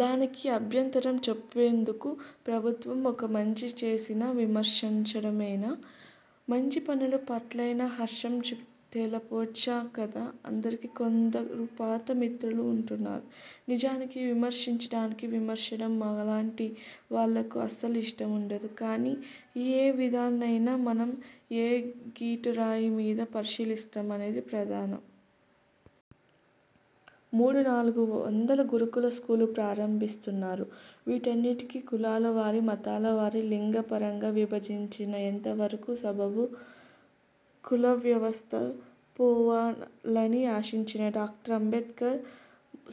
దానికి అభ్యంతరం చెప్పేందుకు. ప్రభుత్వం ఒక మంచి చేసినా విమర్శించడమేనా, మంచి పనుల పట్లైనా హర్షం తెలపొచ్చ కదా అని కొందరు పాత మిత్రులు ఉంటున్నారు. నిజానికి విమర్శించడానికే విమర్శనం మాలాంటి వాళ్ళకు అసలు ఇష్టం ఉండదు. కాని ఏ విధానాన్నైనా మనం ఏ గీటురాయి మీద పరిశీలిస్తాం అనేది ప్రధానం. మూడు నాలుగు వందల గురుకుల స్కూళ్ళు ప్రారంభిస్తున్నారు. వీటన్నింటికి కులాల వారీ, మతాల వారీ, లింగ పరంగా విభజించిన ఎంతవరకు సబబు? కులవ్యవస్థ పోవాలని ఆశించిన డాక్టర్ అంబేడ్కర్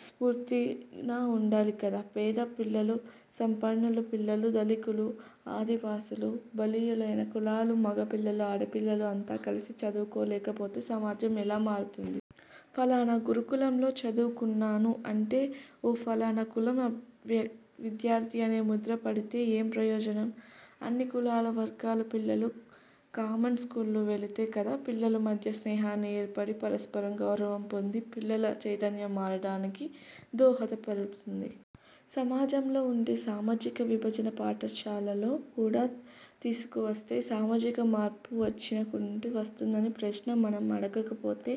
స్ఫూర్తైనా ఉండాలి కదా. పేద పిల్లలు, సంపన్నుల పిల్లలు, దళితులు, ఆదివాసీలు, బలీయుయైన కులాలు, మగపిల్లలు, ఆడపిల్లలు అంతా కలిసి చదువుకోలేకపోతే సమాజం ఎలా మారుతుంది. ఫలానా గురుకులంలో చదువుకున్నాను అంటే ఓ ఫలానా కులం విద్యార్థి అనే ముద్ర పడితే ఏం ప్రయోజనం. అన్ని కులాల వర్గాల పిల్లలు కామన్ స్కూల్ నువెళితే కదా పిల్లల మధ్య స్నేహాలు ఏర్పడి, పరస్పర గౌరవం పొంది పిల్లల చైతన్యం మారడానికి దోహద పడుతుంది. సమాజంలో ఉండే సామాజిక విభజన పాఠశాలలో కూడా తీసుకువస్తే, సామాజిక మార్పు వచ్చిన నుండి వస్తుందన్న ప్రశ్న మనం అడగకపోతే,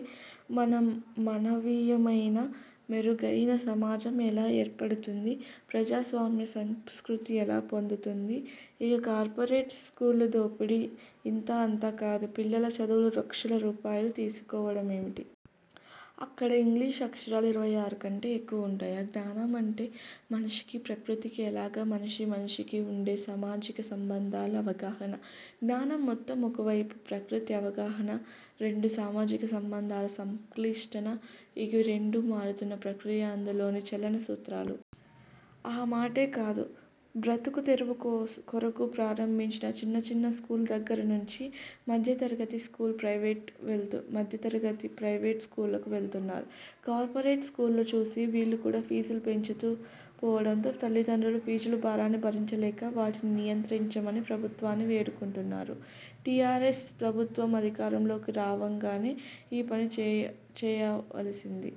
మన మానవీయమైన మెరుగైన సమాజం ఎలా ఏర్పడుతుంది. ప్రజాస్వామ్య సంస్కృతి ఎలా పొందుతుంది? ఇక కార్పొరేట్ స్కూళ్ళ దోపిడీ ఇంతా అంతా కాదు. పిల్లల చదువుకు లక్షల రూపాయలు తీసుకోవడమేమిటి? అక్కడ ఇంగ్లీషు అక్షరాలు ఇరవై ఆరు కంటే ఎక్కువ ఉంటాయా? జ్ఞానం అంటే మనిషికి, ప్రకృతికి, ఏలాగే మనిషికి మనిషికి ఉండే సామాజిక సంబంధాల అవగాహన. జ్ఞానం మొత్తం ఒకవైపు ప్రకృతి అవగాహన, రెండు సామాజిక సంబంధాల సంక్లిష్టన. ఇవి రెండు మారుతున్న ప్రక్రియ, అందులోని చలన సూత్రాలు. ఆ మాటే కాదు! బ్రతుకుతెరువు కొరకు ప్రారంభించిన చిన్న చిన్న స్కూళ్ళ దగ్గరి నుంచి మధ్యతరగతి స్కూల్ ప్రైవేట్ మధ్యతరగతి ప్రైవేటు స్కూళ్ళకు వెళుతున్నారు. కార్పొరేట్ స్కూల్ చూసి వీళ్ళు కూడా ఫీజులు పెంచుతూ పోవడంలో తల్లిదండ్రులు ఫీజుల భారాన్ని భరించలేక వాటిని నియంత్రించమని ప్రభుత్వాన్ని వేడుకుంటున్నారు. టీఆర్ఎస్ ప్రభుత్వం అధికారంలోకి రావడంతోనే ఈ పనిచేయవలసింది.